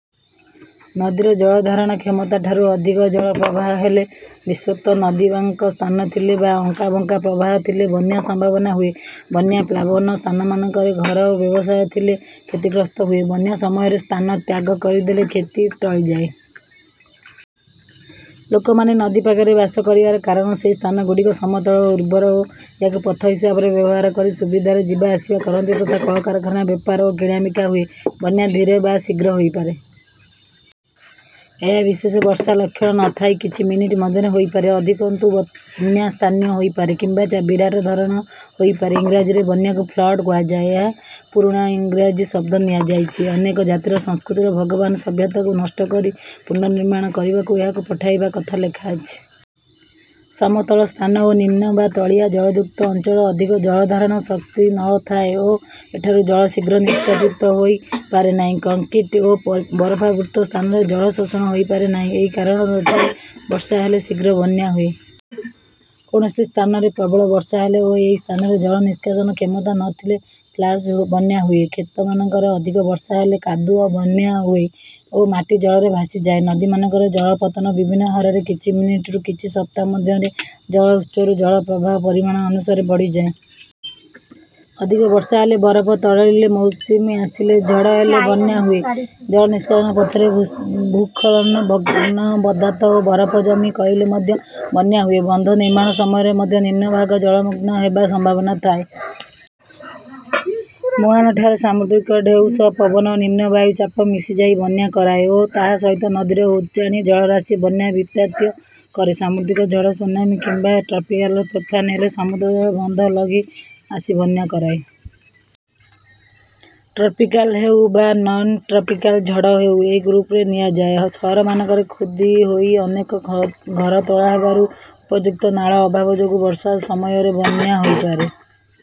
ନଦୀର ଜଳ ଧାରଣ କ୍ଷମତାଠାରୁ ଅଧିକ ଜଳ ପ୍ରବାହ ହେଲେ ବିଶତ୍ଵ ନଦୀ ବାଙ୍କ ସ୍ଥାନ ଥିଲେ ବା ଅଙ୍କାବଙ୍କା ପ୍ରବାହ ଥିଲେ ବନ୍ୟା ସମ୍ଭାବନା ହୁଏ। ବନ୍ୟା ପ୍ଳାବନ ସ୍ଥାନମାନଙ୍କରେ ଘର ଓ ବ୍ୟବସାୟ ଥିଲେ କ୍ଷତିଗ୍ରସ୍ତ ହୁଏ। ବନ୍ୟା ସମୟରେ ସ୍ଥାନ ତ୍ୟାଗ କରିଦେଲେ କ୍ଷତି ଟଳିଯାଏ। ଲୋକମାନେ ନଦୀ ପାଖେରେ ବାସ କରିବାର କାରଣ ସେହି ସ୍ଥାନ ଗୁଡ଼ିକ ସମତଳ ଓ ଉର୍ବର ଓ ଏହାକୁ ପଥ ହିସାବରେ ବ୍ୟବହାର କରି ସୁବିଧାରେ ଯିବା ଆସିବା କରନ୍ତି ତଥା କଳକାରଖାନା ବେପାର ଓ କିଣାବିକା ହୁଏ। ବନ୍ୟା ଧୀରେ ବା ଶୀଘ୍ର ହୋଇପାରେ। ଏହା ବିଶେଷ ବର୍ଷା ଲକ୍ଷଣ ନ ଥାଇ କିଛି ମିନିଟ ମଧ୍ୟରେ ହୋଇପାରେ। ଅଧିକନ୍ତୁ ବନ୍ୟା ସ୍ଥାନୀୟ ହୋଇପାରେ କିମ୍ବା ଯା ବିରାଟ ଧରଣର ହୋଇପାରେ। ଇଂରାଜୀରେ ବନ୍ୟାକୁ ଫ୍ଲଡ଼୍ କୁହାଯାଏ ଯାହା ପୁରୁଣା ଇଂରାଜୀ ଶବ୍ଦ ନିଆଯାଇଛି. ଅନେକ ଜାତିର ସଂସ୍କୃତିରେ ଭଗବାନ ସଭ୍ୟତାକୁ ନଷ୍ଟ କରି ପୁନର୍ନିମାଣ କରିବାକୁ ଏହାକୁ ପଠାଇବା କଥା ଲେଖାଅଛି। ସମତଳ ସ୍ଥାନ ଓ ନିମ୍ନ ବା ତଳିଆ ଜଳଯୁକ୍ତ ଅଞ୍ଚଳର ଅଧିକ ଜଳ ଧାରଣ ଶକ୍ତି ନ ଥାଏ ଓ ଏଠାରୁ ଜଳ ଶୀଘ୍ର ନିଷ୍କାସିତ ହୋଇ ପାରେନାହିଁ। କଙ୍କ୍ରିଟ୍ ଓ ପ ବରଫାବୃତ ସ୍ଥାନରେ ଜଳ ଶୋଷଣ ହୋଇପାରେ ନାହିଁ। ଏହି କାରଣରୁ ଏଠାରେ ବର୍ଷା ହେଲେ ଶିଘ୍ର ବନ୍ୟା ହୁଏ। କୌଣସି ସ୍ଥାନରେ ପ୍ରବଳ ବର୍ଷା ହେଲେ ଓ ଏହି ସ୍ଥାନର ଜଳ ନିଷ୍କାସନ କ୍ଷମତା ନ ଥିଲେ ଫ୍ଲାସ ବନ୍ୟା ହୁଏ। କ୍ଷେତମାନଙ୍କରେ ଅଧିକ ବର୍ଷା ହେଲେ କାଦୁଆ ବନ୍ୟା ହୁଏ ଓ ମାଟି ଜଳରେ ଭାଷିଯାଏ। ନଦୀମାନଙ୍କରେ ଜଳ ପତନ ବିଭିନ୍ନ ହାରରେ କିଛି ମିନିଟରୁ କିଛି ସପ୍ତାହ ମଧ୍ୟରେ ଜଳ ଉତ୍ସରୁ ଜଳ ପ୍ରବାହ ପରିମାଣ ଅନୁସାରେ ବଢ଼ିଯାଏ। ଅଧିକ ବର୍ଷା ହେଲେ ବରଫ ତରଳିଲେ ମୌସୁମୀ ଆସିଲେ ଝଡ଼ ହେଲେ ବନ୍ୟା ହୁଏ। ଜଳ ନିଷ୍କାସନ ପଥରେ ଭୁ ଭୂସ୍ଖଳନ ଭଗ୍ନ ପଦାର୍ଥ ଓ ବରଫ ଜମି କହିଲେ ମଧ୍ୟ ବନ୍ୟା ହୁଏ। ବନ୍ଧ ନିର୍ମାଣ ସମୟରେ ମଧ୍ୟ ନିମ୍ନ ଭାଗ ଜଳମଗ୍ନ ହେବା ସମ୍ଭାବନା ଥାଏ। ମୁହାଁଣଠାରେ ସାମୁଦ୍ରିକ ଢେଉ ସହ ପବନ ଓ ନିମ୍ନ ବାୟୁ ଚାପ ମିଶିଯାଇ ବନ୍ୟା କରାଏ ଓ ତାହା ସହିତ ନଦୀରେ ଉଜାଣି ଜଳରାଶି ବନ୍ୟା ବିତ୍ପାତ କରେ। ସାମୁଦ୍ରିକ ଝଡ଼ ସୁନାମି କିମ୍ବା ଟ୍ରପିକାଲ ତୋଫାନ ହେଲେ ସମୁଦ୍ର ଓ ତୋଫାନ ବନ୍ଧ ଲଙ୍ଘି ଆସି ବନ୍ୟା କରାଏ। ଟ୍ରପିକାଲ ହେଉ ବା ନନ୍ ଟ୍ରପିକାଲ ଝଡ଼ ହେଉ ଏହି ଗୃପରେ ନିଆଯାଏ। ଶହରମାନଙ୍କରେ ଖୁନ୍ଦି ହୋଇ ଅନେକ ଘ ଘର ତୋଳାହେବାରୁ ଓ ଉପଯୁକ୍ତ ନାଳ ଅଭାବ ଯୋଗୁ ବର୍ଷା ସମୟରେ ବନ୍ୟା ହୋଇପାରେ।